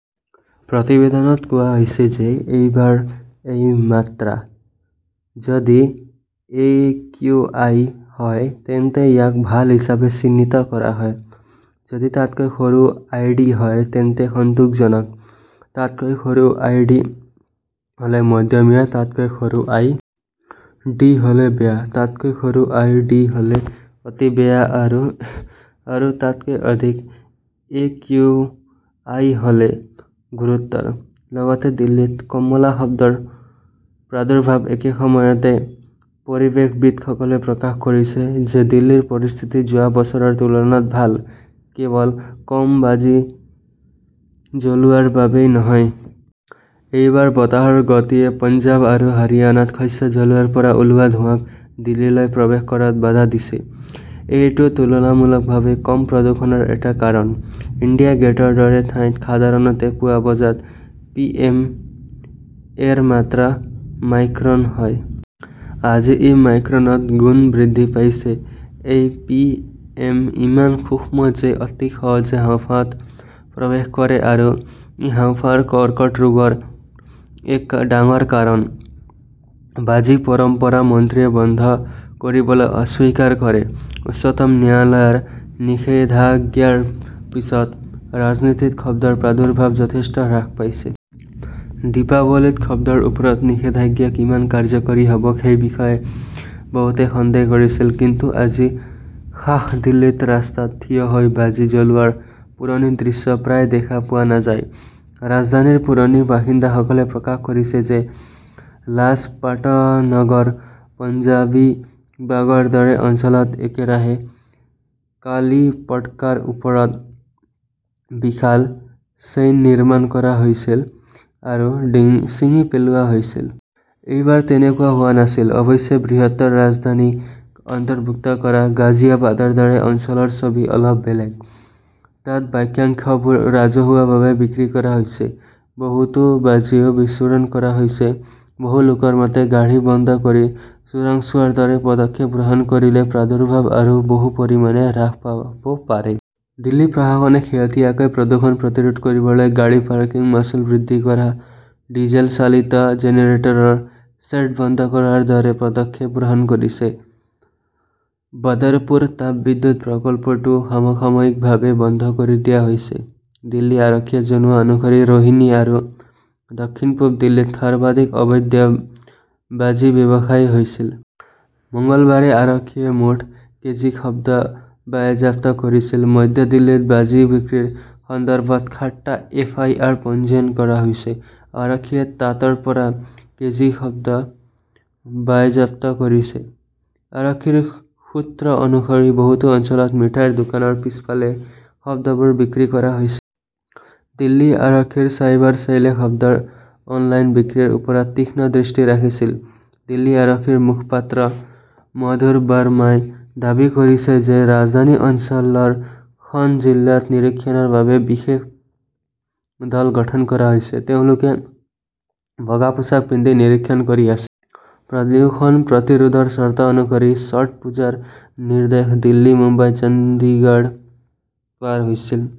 প্ৰতিবেদনত কোৱা হৈছে যে এইবাৰ এই মাত্ৰা। যদি একিউআই হয় তেন্তে ইয়াক 'ভাল হিচাপে চিহ্নিত কৰা হয়। যদি তাতকৈ সৰু আই. ডি. হয় তেন্তে 'সন্তোষজনক'।তাতকৈ সৰু আই. ডি. হ 'লে' মধ্যমীয়া ', তাতকৈ সৰু আই. ডি. হ' লে 'বেয়া', তাতকৈ সৰু আই. ডি. হ 'লে' অতি বেয়া 'আৰু আৰু তাতকৈ অধিক একিউ. আই. হ' লে 'গুৰুতৰ'। লগতে দিল্লীত কমলা শব্দৰ প্ৰাদুৰ্ভাৱ একে সময়তে পৰিৱেশবিদসকলে প্ৰকাশ কৰিছে যে দিল্লীৰ পৰিস্থিতি যোৱা বছৰৰ তুলনাত ভাল, কেৱল কম বাজি জ্বলোৱাৰ বাবেই নহয়। এইবাৰ বতাহৰ গতিয়ে পঞ্জাৱ আৰু হাৰিয়ানাত শস্য জ্বলোৱাৰ পৰা ওলোৱা ধোঁৱাক দিল্লীলৈ প্ৰৱেশ কৰাত বাধা দিছে। এইটোও তুলনামূলকভাৱে কম প্ৰদূষণৰ এটা কাৰণ। ইণ্ডিয়া গেটৰ দৰে ঠাইত সাধাৰণতে পুৱা বজাত পিএম -এৰ মাত্ৰা মাইক্ৰন হয়। আজি ই মাইক্ৰনত গুণ বৃদ্ধি পাইছে। এই পিএম ইমান সূক্ষ্ম যে ই অতি সহজে হাঁওফাঁওত প্ৰৱেশ কৰে আৰু ই হাঁওফাঁওৰ কৰ্কট ৰোগৰ এক ডাঙৰ কাৰণ। বাজি 'পৰম্পৰা, মন্ত্ৰীয়ে বন্ধ কৰিবলৈ অস্বীকাৰ কৰে উচ্চতম ন্যায়ালয়ৰ নিষেধাজ্ঞাৰ পিছত ৰাজধানীত শব্দৰ প্ৰাদুৰ্ভাৱ যথেষ্ট হ্ৰাস পাইছে। দীপাৱলীত শব্দৰ ওপৰত নিষেধাজ্ঞা কিমান কাৰ্যকৰী হব সেই বিষয়ে বহুতে সন্দেহ কৰিছিল। কিন্তু আজি খাস দিল্লীত ৰাস্তাত থিয় হৈ বাজি জ্বলোৱাৰ পুৰণি দৃশ্য প্ৰায় দেখা পোৱা নাযায়। ৰাজধানীৰ পুৰণি বাসিন্দাসকলে প্ৰকাশ কৰিছে যে লাজপাটনগৰ, পঞ্জাৱিবাগৰ দৰে অঞ্চলত একেৰাহে কালীপটকাৰ ওপৰত বিশাল চেইন নিৰ্মাণ কৰা হৈছিল আৰু ছিঙি পেলোৱা হৈছিল। এইবাৰ তেনেকুৱা হোৱা নাছিল। অৱশ্যে, বৃহত্তৰ ৰাজধানী ক অন্তৰ্ভুক্ত কৰা গাজিয়াবাদৰ দৰে অঞ্চলৰ ছবি অলপ বেলেগ। তাত বাক্যাংশবোৰ ৰাজহুৱাভাৱে বিক্ৰী কৰা হৈছে। বহুতো বাজিও বিস্ফোৰণ কৰা হৈছে। বহু লোকৰ মতে, গাড়ী বন্ধ কৰি চোৰাংচোৱাৰ দৰে পদক্ষেপ গ্ৰহণ কৰিলে প্ৰাদুৰ্ভাৱ আৰু বহু পৰিমাণে হ্ৰাস পাব পাৰে। দিল্লী প্ৰশাসনে শেহতীয়াকৈ প্ৰদূষণ প্ৰতিৰোধ কৰিবলৈ গাড়ী পাৰ্কিং মাচুল বৃদ্ধি কৰা, ডিজেল চালিত জেনেৰেটৰ ছেট বন্ধ কৰাৰ দৰে পদক্ষেপ গ্ৰহণ কৰিছে। বদৰপুৰ তাপবিদ্যুৎ প্ৰকল্পটোও সাময়িকভাৱে বন্ধ কৰি দিয়া হৈছে। দিল্লী আৰক্ষীয়ে জনোৱা অনুসৰি ৰোহিনী আৰু দক্ষিণ-পূব দিল্লীত সৰ্বাধিক অবৈধ বাজি ব্যৱসায় হৈছিল। মঙলবাৰে আৰক্ষীয়ে মুঠ কেজি শব্দ বাজেয়াপ্ত কৰিছিল। মধ্য দিল্লীত বাজি বিক্ৰীৰ সন্দৰ্ভত সাতটা এফ. আই. আৰ. পঞ্জীয়ন কৰা হৈছে। আৰক্ষীয়ে তাতৰ পৰা কেজি শব্দ বাজেয়াপ্ত কৰিছে। আৰক্ষীৰ সূত্ৰ অনুসৰি, বহুতো অঞ্চলত মিঠাইৰ দোকানৰ পিছফালে শব্দবোৰ বিক্ৰী কৰা হৈছিল। দিল্লী আৰক্ষীৰ চাইবাৰ ছেইলে শব্দৰ অনলাইন বিক্ৰীৰ ওপৰত তীক্ষ্ণ দৃষ্টি ৰাখিছিল। দিল্লী আৰক্ষীৰ মুখপাত্ৰ মধুৰ বাৰ্মাই দাবী কৰিছে যে ৰাজধানী অঞ্চলৰ খন জিলাত নিৰীক্ষণৰ বাবে বিশেষ দল গঠন কৰা হৈছে। তেওঁলোকে বগা পোছাক পিন্ধি নিৰীক্ষণ কৰি আছে। প্ৰদূষণ প্ৰতিৰোধৰ চৰ্ত অনুসৰি ছট পূজাৰ নিৰ্দেশ দিল্লী, মুম্বাই, চণ্ডীগড় পাৰ হৈছিল।